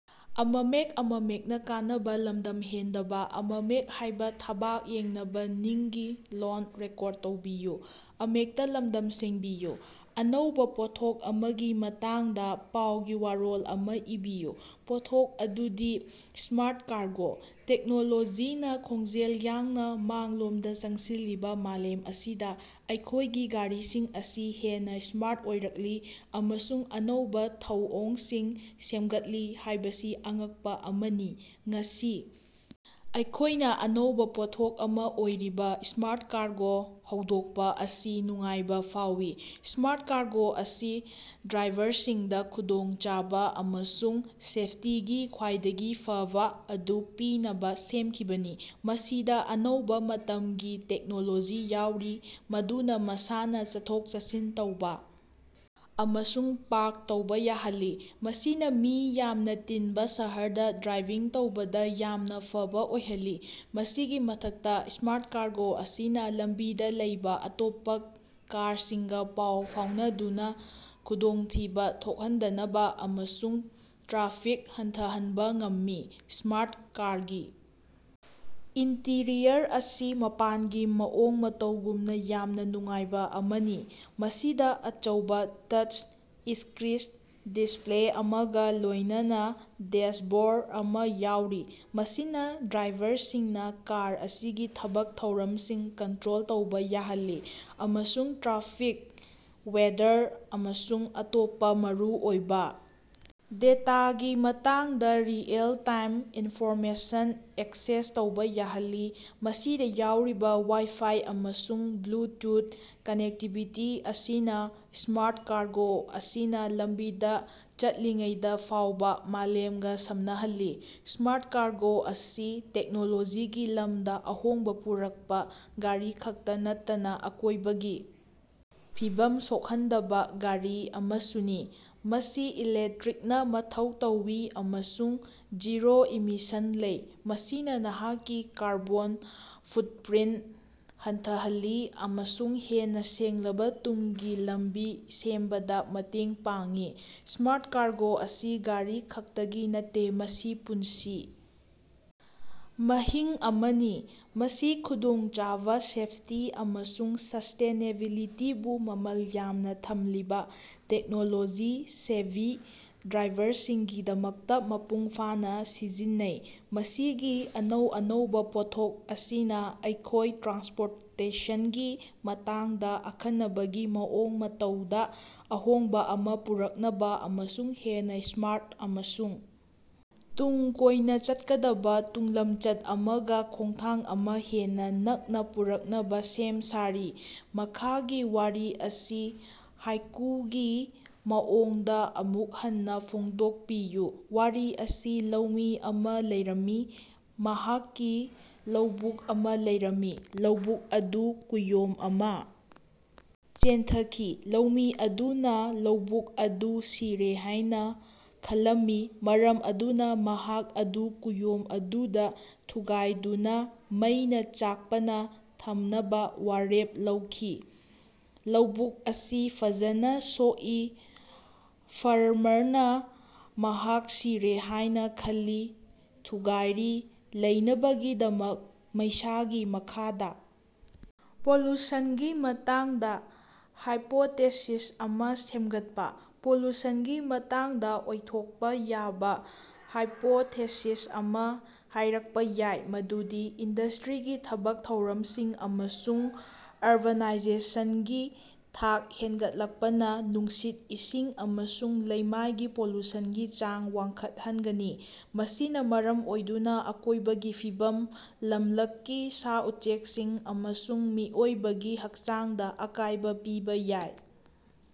ꯑꯅꯧꯕꯥ ꯄꯣꯠꯊꯣꯛ ꯑꯃꯒꯤ ꯃꯇꯥꯡꯗ ꯄꯥꯎꯒꯤ ꯋꯥꯔꯣꯜ ꯑꯃ ꯏꯕꯤꯌꯨ꯫ ꯄꯣꯠꯊꯣꯛ ꯑꯗꯨꯗꯤ ꯁ꯭ꯃꯥꯔꯠ ꯀꯥꯔꯒꯣ꯫ ꯇꯦꯛꯅꯣꯂꯣꯖꯤꯅꯥ ꯈꯣꯡꯖꯦꯜ ꯌꯥꯡꯅ ꯃꯥꯡꯂꯣꯝꯗ ꯆꯪꯁꯤꯜꯂꯤꯕ ꯃꯥꯂꯦꯝ ꯑꯁꯤꯗ ꯑꯩꯈꯣꯏꯒꯤ ꯒꯥꯔꯤꯁꯤꯡ ꯑꯁꯤ ꯍꯦꯟꯅ ꯁ꯭ꯃꯥꯔꯠ ꯑꯣꯏꯔꯛꯂꯤ ꯑꯃꯁꯨꯡ ꯑꯅꯧꯕꯥ ꯊꯧꯑꯣꯡꯁꯤꯡ ꯁꯦꯝꯒꯠꯂꯤ ꯍꯥꯏꯕꯁꯤ ꯑꯉꯛꯄꯥ ꯑꯃꯅꯤ꯫ ꯉꯁꯤ ꯑꯩꯈꯣꯏꯅ ꯑꯅꯧꯕꯥ ꯄꯣꯠꯊꯣꯛ ꯑꯃ ꯑꯣꯏꯔꯤꯕ ꯁ꯭ꯃꯥꯔꯠ ꯀꯥꯔꯒꯣ ꯍꯧꯗꯣꯛꯄ ꯑꯁꯤ ꯅꯨꯡꯉꯥꯏꯕ ꯐꯥꯎꯏ ꯫ ꯁ꯭ꯃꯥꯔꯠ ꯀꯥꯔꯒꯣ ꯑꯁꯤ ꯗ꯭ꯔꯥꯏꯚꯔꯁꯤꯡꯗ ꯈꯨꯗꯣꯡꯆꯥꯕ ꯑꯃꯁꯨꯡ ꯁꯦꯐꯇꯤꯒꯤ ꯈ꯭ꯋꯥꯏꯗꯒꯤ ꯐꯕꯥ ꯑꯗꯨ ꯄꯤꯅꯕ ꯁꯦꯝꯈꯤꯕꯅꯤ꯫ ꯃꯁꯤꯗ ꯑꯅꯧꯕ ꯃꯇꯝꯒꯤ ꯇꯦꯛꯅꯣꯂꯣꯖꯤ ꯌꯥꯎꯔꯤ ꯃꯗꯨꯅ ꯃꯁꯥꯅ ꯆꯠꯊꯣꯛ-ꯆꯠꯁꯤꯟ ꯇꯧꯕ ꯑꯃꯁꯨꯡ ꯄꯥꯔꯛ ꯇꯧꯕ ꯌꯥꯍꯜꯂꯤ, ꯃꯁꯤꯅ ꯃꯤ ꯌꯥꯝꯅ ꯇꯤꯟꯕ ꯁꯍꯔꯗ ꯗ꯭ꯔꯥꯏꯚꯤꯡ ꯇꯧꯕꯗ ꯌꯥꯝꯅ ꯐꯕ ꯑꯣꯏꯍꯜꯂꯤ꯫ ꯃꯁꯤꯒꯤ ꯃꯊꯛꯇ ꯁ꯭ꯃꯥꯔꯠ ꯀꯥꯔꯒꯣ ꯑꯁꯤꯅ ꯂꯝꯕꯤꯗ ꯂꯩꯕ ꯑꯇꯣꯞꯄ ꯀꯥꯔꯁꯤꯡꯒ ꯄꯥꯎ ꯐꯥꯎꯅꯗꯨꯅ ꯈꯨꯗꯣꯡꯊꯤꯕ ꯊꯣꯛꯍꯟꯗꯅꯕ ꯑꯃꯁꯨꯡ ꯇ꯭ꯔꯥꯐꯤꯛ ꯍꯟꯊꯍꯟꯕ ꯉꯝꯃꯤ꯫ ꯁ꯭ꯃꯥꯔꯠ ꯀꯥꯔꯒꯤ ꯏꯟꯇꯤꯔꯤꯌꯔ ꯑꯁꯤ ꯃꯄꯥꯟꯒꯤ ꯃꯑꯣꯡ ꯃꯇꯧꯒꯨꯝꯅ ꯌꯥꯝꯅ ꯅꯨꯡꯉꯥꯏꯕ ꯑꯃꯅꯤ꯫ ꯃꯁꯤꯗ ꯑꯆꯧꯕ ꯇꯆ ꯏꯁꯀ꯭ꯔꯤꯁ ꯗꯤꯁꯄꯂꯦ ꯑꯃꯒ ꯂꯣꯏꯅꯅ ꯗꯦꯁꯕꯣꯔ ꯑꯃ ꯌꯥꯎꯔꯤ, ꯃꯁꯤꯅ ꯗ꯭ꯔꯥꯏꯚꯔꯁꯤꯡꯅꯥ ꯀꯥꯔ ꯑꯁꯤꯒꯤ ꯊꯕꯛ ꯊꯧꯔꯝꯁꯤꯡ ꯀꯟꯇꯔꯣꯜ ꯇꯧꯕ ꯌꯥꯍꯜꯂꯤ ꯑꯃꯁꯨꯡ ꯇ꯭ꯔꯥꯐꯤꯛ, ꯋꯦꯗꯔ ꯑꯃꯁꯨꯡ ꯑꯇꯣꯞꯄ ꯃꯔꯨꯑꯣꯏꯕ ꯗꯦꯇꯥꯒꯤ ꯃꯇꯥꯡꯗ ꯔꯤꯑꯦꯜ-ꯇꯥꯏꯝ ꯏꯟꯐꯣꯔꯃꯦꯁꯟ ꯑꯦꯛꯁꯦꯁ ꯇꯧꯕ ꯌꯥꯍꯜꯂꯤ꯫ ꯃꯁꯤꯗ ꯌꯥꯎꯔꯤꯕ ꯋꯥꯏ-ꯐꯥꯏ ꯑꯃꯁꯨꯡ ꯕ꯭ꯂꯨꯇꯨꯊ ꯀꯅꯦꯛꯇꯤꯕꯤꯇꯤ ꯑꯁꯤꯅ ꯁ꯭ꯃꯥꯔꯠ ꯀꯥꯔꯒꯣ ꯑꯁꯤꯅ ꯂꯝꯕꯤꯗ ꯆꯠꯂꯤꯉꯩꯗ ꯐꯥꯎꯕ ꯃꯥꯂꯦꯝꯒ ꯁꯝꯅꯍꯜꯂꯤ꯫ ꯁ꯭ꯃꯥꯔꯠ ꯀꯥꯔꯒꯣ ꯑꯁꯤ ꯇꯦꯛꯅꯣꯂꯣꯖꯤꯒꯤ ꯂꯝꯗ ꯑꯍꯣꯡꯕ ꯄꯨꯔꯛꯄ ꯒꯥꯔꯤ ꯈꯛꯇ ꯅꯠꯇꯅ ꯑꯀꯣꯏꯕꯒꯤ ꯐꯤꯕꯝ ꯁꯣꯛꯍꯟꯗꯕ ꯒꯥꯔꯤ ꯑꯃꯁꯨꯅꯤ꯫ ꯃꯁꯤ ꯏꯂꯦꯛꯇꯔꯤꯛꯅ ꯃꯊꯧ ꯇꯧꯏ ꯑꯃꯁꯨꯡ ꯖꯤꯔꯣ ꯏꯃꯤꯁꯟ ꯂꯩ, ꯃꯁꯤꯅ ꯅꯍꯥꯛꯀꯤ ꯀꯥꯔꯕꯣꯟ ꯐꯨꯠꯄꯔꯤꯟꯇ ꯍꯟꯊꯍꯜꯂꯤ ꯑꯃꯁꯨꯡ ꯍꯦꯟꯅ ꯁꯦꯡꯂꯕ ꯇꯨꯡꯒꯤ ꯂꯝꯕꯤ ꯁꯦꯝꯕꯗ ꯃꯇꯦꯡ ꯄꯥꯡꯏ꯫ ꯁ꯭ꯃꯥꯔꯠ ꯀꯥꯔꯒꯣ ꯑꯁꯤ ꯒꯥꯔꯤ ꯈꯛꯇꯒꯤ ꯅꯠꯇꯦ, ꯃꯁꯤ ꯄꯨꯟꯁꯤ ꯃꯍꯤꯡ ꯑꯃꯅꯤ꯫ ꯃꯁꯤ ꯈꯨꯗꯣꯡꯆꯥꯕ, ꯁꯦꯐꯇꯤ, ꯑꯃꯁꯨꯡ ꯁꯁ꯭ꯇꯦꯅꯦꯕꯤꯂꯤꯇꯤꯕꯨ ꯃꯃꯜ ꯌꯥꯝꯅꯥ ꯊꯝꯂꯤꯕꯥ ꯇꯦꯛꯅꯣꯂꯣꯖꯤ-ꯁꯦꯚꯤ ꯗ꯭ꯔꯥꯏꯚꯔꯁꯤꯡꯒꯤꯗꯃꯛꯇ ꯃꯄꯨꯡ ꯐꯥꯅ ꯁꯤꯖꯤꯟꯅꯩ꯫ ꯃꯁꯤꯒꯤ ꯑꯅꯧ ꯑꯅꯧꯕ ꯄꯣꯠꯊꯣꯛ ꯑꯁꯤꯅ ꯑꯩꯈꯣꯏꯅ ꯇ꯭ꯔꯥꯟꯁꯄꯣꯔꯇꯦꯁꯟꯒꯤ ꯃꯇꯥꯡꯗ ꯑꯈꯟꯅꯕꯒꯤ ꯃꯑꯣꯡ ꯃꯇꯧꯗ ꯑꯍꯣꯡꯕ ꯑꯃ ꯄꯨꯔꯛꯅꯕ ꯑꯃꯁꯨꯡ ꯍꯦꯟꯅ ꯁ꯭ꯃꯥꯔꯠ ꯑꯃꯁꯨꯡ ꯇꯨꯡ ꯀꯣꯏꯅ ꯆꯠꯀꯗꯕ ꯇꯨꯡꯂꯝꯆꯠ ꯑꯃꯒ ꯈꯣꯡꯊꯥꯡ ꯑꯃ ꯍꯦꯟꯅ ꯅꯛꯅ ꯄꯨꯔꯛꯅꯕ ꯁꯦꯝ ꯁꯥꯔꯤ꯫ ꯃꯈꯥꯒꯤ ꯋꯥꯔꯤ ꯑꯁꯤ ꯍꯥꯏꯀꯨꯒꯤ ꯃꯑꯣꯡꯗ ꯑꯃꯨꯛ ꯍꯟꯅ ꯐꯣꯡꯗꯣꯛꯄꯤꯌꯨ꯫ ꯋꯥꯔꯤ ꯑꯁꯤ ꯂꯧꯃꯤ ꯑꯃ ꯂꯩꯔꯝꯃꯤ, ꯃꯍꯥꯛꯀꯤ ꯂꯧꯕꯨꯛ ꯑꯃ ꯂꯩꯔꯝꯃꯤ꯫ ꯂꯧꯕꯨꯛ ꯑꯗꯨ ꯀꯨꯌꯣꯝ ꯑꯃ ꯆꯦꯟꯊꯈꯤ꯫ ꯂꯧꯃꯤ ꯑꯗꯨꯅ ꯂꯧꯕꯨꯛ ꯑꯗꯨ ꯁꯤꯔꯦ ꯍꯥꯏꯅ ꯈꯜꯂꯝꯃꯤ, ꯃꯔꯝ ꯑꯗꯨꯅ ꯃꯍꯥꯛꯅ ꯃꯗꯨ ꯀꯨꯌꯣꯝ ꯑꯗꯨꯗ ꯊꯨꯒꯥꯏꯗꯨꯅ ꯃꯩꯅꯥ ꯆꯥꯛꯄꯅ ꯊꯝꯅꯕ ꯋꯥꯔꯦꯞ ꯂꯧꯈꯤ꯫ ꯂꯧꯕꯨꯛ ꯑꯁꯤ ꯐꯖꯅ ꯁꯣꯛꯏ, ꯐꯥꯔꯃꯔꯅ ꯃꯍꯥꯛ ꯁꯤꯔꯦ ꯍꯥꯏꯅ ꯈꯜꯂꯤ, ꯊꯨꯒꯥꯏꯔꯤ, ꯂꯩꯅꯕꯒꯤꯗꯃꯛ ꯃꯩꯁꯥꯒꯤ ꯃꯈꯥꯗ꯫ ꯄꯣꯂꯨꯁꯟꯒꯤ ꯃꯇꯥꯡꯗ ꯍꯥꯏꯄꯣꯇꯦꯁꯤꯁ ꯑꯃ ꯁꯦꯝꯒꯠꯄ꯫ ꯄꯣꯂꯨꯁꯟꯒꯤ ꯃꯇꯥꯡꯗ ꯑꯣꯏꯊꯣꯛꯄꯥ ꯌꯥꯕꯥ ꯍꯥꯏꯄꯣꯊꯦꯁꯤꯁ ꯑꯃ ꯍꯥꯏꯔꯛꯄ ꯌꯥꯏ ꯃꯗꯨꯗꯤ ꯏꯟꯗꯁ꯭ꯠꯔꯤꯒꯤ ꯊꯕꯛ ꯊꯧꯔꯝꯁꯤꯡ ꯑꯃꯁꯨꯡ ꯑꯔꯕꯥꯅꯥꯏꯖꯦꯁꯟꯒꯤ ꯊꯥꯛ ꯍꯦꯟꯒꯠꯂꯛꯄꯅ ꯅꯨꯡꯁꯤꯠ, ꯏꯁꯤꯡ ꯑꯃꯁꯨꯡ ꯂꯩꯃꯥꯏꯒꯤ ꯄꯣꯂꯨꯁꯟꯒꯤ ꯆꯥꯡ ꯋꯥꯡꯈꯠꯍꯟꯒꯅꯤ, ꯃꯁꯤꯅꯥ ꯃꯔꯝ ꯑꯣꯏꯗꯨꯅꯥ ꯑꯀꯣꯏꯕꯒꯤ ꯐꯤꯕꯝ, ꯂꯝꯂꯛꯀꯤ ꯁꯥ-ꯎꯆꯦꯛꯁꯤꯡ ꯑꯃꯁꯨꯡ ꯃꯤꯑꯣꯏꯕꯒꯤ ꯍꯛꯆꯥꯡꯗ ꯑꯀꯥꯏꯕ ꯄꯤꯕ ꯌꯥꯏ꯫